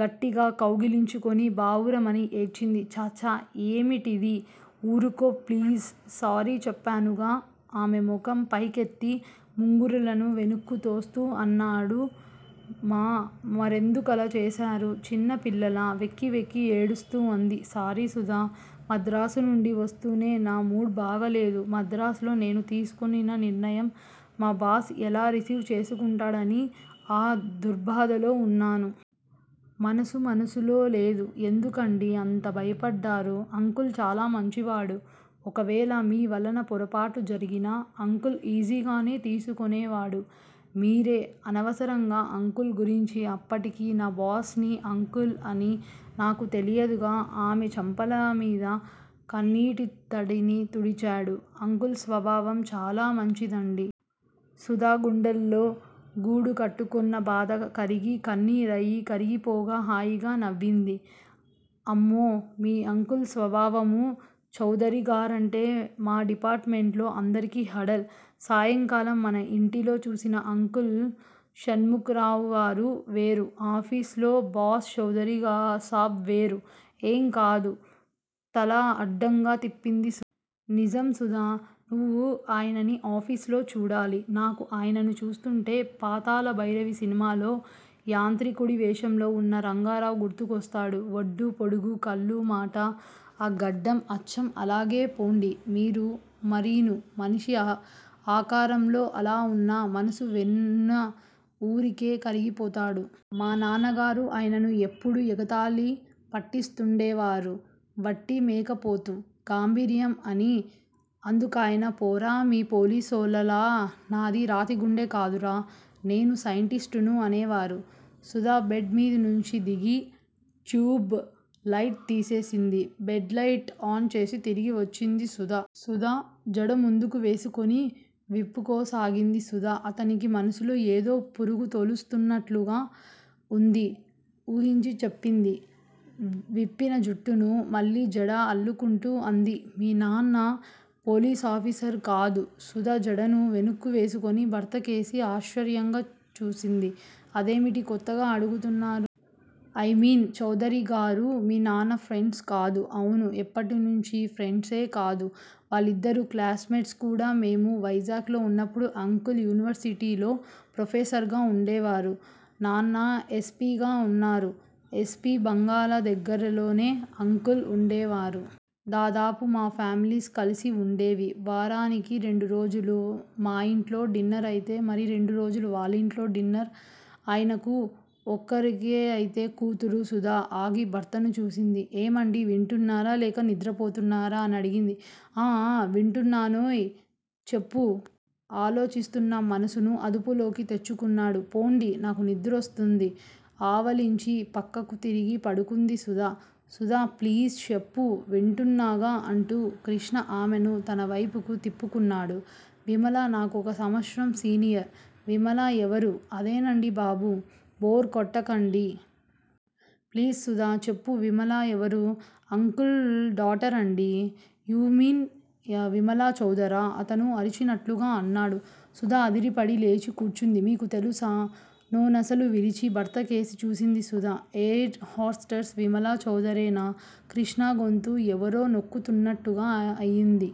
గట్టిగా కౌగలించుకొని బావురుమని ఏడ్చింది. ఛ! ఛ! ఏమిటిది? ఊరుకో ప్లీజ్ సారీ చెప్పానుగా? ఆమె ముఖం పైకెత్తి ముంగురులను వెనక్కు తోస్తూ అన్నాడు. మ మరెందుకలా చేశారు? చిన్నపిల్లలా వెక్కివెక్కి ఏడుస్తూ అంది. సారీ సుధా! మద్రాసునుండి వస్తూనే నా మూడ్ బాగా లేదు మద్రాసులో నేను తీసికొనిన నిర్ణయాన్ని మా బాస్ ఎలా రిసీవ్ చేసుకుంటాడోననే ఆదుర్దాలో వున్నాను. మనసు మనసులో లేదు. ఎందుకండీ అంత భయపడ్డారూ? అంకుల్ చాలా మంచివాడు. ఒకవేళ మీవలన పొరపాటు జరిగినా అంకుల్ ఈజీగానే తీసుకొనేవాడు. మీరే అనవసరంగా అంకుల్ గురించి అప్పటికి నా బాస్ నీ అంకుల్ అని నాకు తెలియదుగా? ఆమె చెంపలమీద కన్నీటితడిని తుడిచాడు. అంకుల్ స్వభావం చాలా మంచిదండీ! సుధ గుండెల్లో గూడుకట్టుకొన్న బాధ కరిగి కన్నీరయి కరిగిపోగా, హాయిగా నవ్వింది. అమ్మో! మీ అంకుల్ స్వభావమూ? చౌదరిగారంటే మా డిపార్టుమెంట్ లో అందరికీ హడల్. సాయంకాలం మన ఇంటిలో చూసిన అంకుల్ షణ్ముఖరావు వేరు. ఆఫీస్ లో బాస్-చౌదరీసాబ్ వేరు. ఏం కాదు తల అడ్డంగా తిప్పింది సుధ. నిజం సుధా. నువ్వాయన్ని ఆఫీసులో చూడాలి. నాకు ఆయనను చూస్తుంటే పాతాళభైరవి సినిమాలో మాంత్రికుడి వేషంలో వున్న రంగారావు గుర్తుకొస్తాడు. వడ్డూ, పొడుగూ, కళ్ళూ, మాటా, ఆ గడ్డం, అచ్చం అలాగే పోండీ! మీరు మరీనూ? మనిషి ఆకారంలో అలా వున్నా మనసు వెన్న- ఊరికె కరిగిపోతాడు. మానాన్నగారు ఆయనను ఎప్పుడూ ఎగతాళి పట్టిస్తుండేవారు. వట్టి మేకపోతు గాంభీర్యం అని. అందుకాయన- పోరా! మీ పోలీసోళ్ళలా నాది రాతిగుండె కాదురా! నేను సైంటిస్టును అనేవారు. సుధ బెడ్ మీదినుంచి దిగి ట్యూబ్ లైటు తీసేసింది. బెడ్ లైట్ ఆన్ చేసి తిరిగి వచ్చింది. సుధా? సుధ జడముందుకు వేసుకొని విప్పుకోసాగింది. సుధా! అతనికి మనసులో ఏదో పురుగు తొలుస్తున్నట్టుగా వుంది. ఊఁ చెప్పండి. విప్పిన జుట్టును మళ్ళీ జడ అల్లుకొంటూ అంది. మీ నాన్న పోలీసాఫీసారు గదూ? సుధ జడను వెనక్కు వేసికొని భర్తకేసి ఆశ్చర్యంగా చూసింది. అదేమిటి కొత్తగా అడుగుతున్నారూ? ఐ మీన్ చౌదరిగారూ, మీ నాన్న ఫ్రెండ్స్ కదూ? అవునూ! ఎప్పటినుంచీ? ఫ్రెండ్సే కాదు. వాళ్ళిద్దరూ క్లాస్ మేట్సు కూడా. మేము వైజాగ్ లో ఉన్నప్పుడు అంకుల్ యూనివర్సిటీ లో ప్రొఫెసర్ గా వుండేవారు. నాన్న యస్. పి. గా ఉన్నారు. యస్పీ బంగళాల దగ్గరలోనే అంకుల్ వుండేవారు. దాదాపు మా ఫామిలీస్ కలిసే వుండేవి. వారానికి రెండు రోజులు మా ఇంట్లో డిన్నర్ అయితే మరో రెండురోజులు వాళ్ళింట్లో డిన్నర్ ఆయనాకూ ఒక్కరితే కూతురు సుధ ఆగి భర్తను చూసింది. ఏమండీ వింటున్నారా? లేక నిద్రపోతున్నారా? అని అడిగింది. ఆఁ ఆఁ వింటున్నానోయ్ చెప్పూ? ఆలోచిస్తున్న మనసును అదుపులోకి తెచ్చుకున్నాడు. పొండి! నాకు నిద్రొస్తోంది ఆవలించి పక్కకు తిరిగి పడుకుంది సుధ. సుధా! ప్లీజ్ చెప్పు వింటున్నాగా అంటూ కృష్ణ ఆమెను తన వైపుకు తిప్పుకున్నాడు. విమల నాకు ఒక సంవత్సరం సీనియర్. విమలా? ఎవరూ? అదేనండీ బాబు! బోర్ కొట్టకండి. ప్లీజ్ సుధా? చెప్పు. విమల ఎవరూ! అంకుల్ డాటరండీ. యూ మీన్ విమలాచౌదరా? అతను అరిచినట్టుగా అన్నాడు. సుధ అదిరిపడి లేచి కూర్చుంది. మీకు తెలుసా? నొసలు విరిచి భర్త కేసి చూసింది సుధ. ఎయిర్ హోస్టెస్ విమలాచౌదరేనా? కృష్ణ గొంతు ఎవరో నొక్కుతున్నట్టుగా అయింది.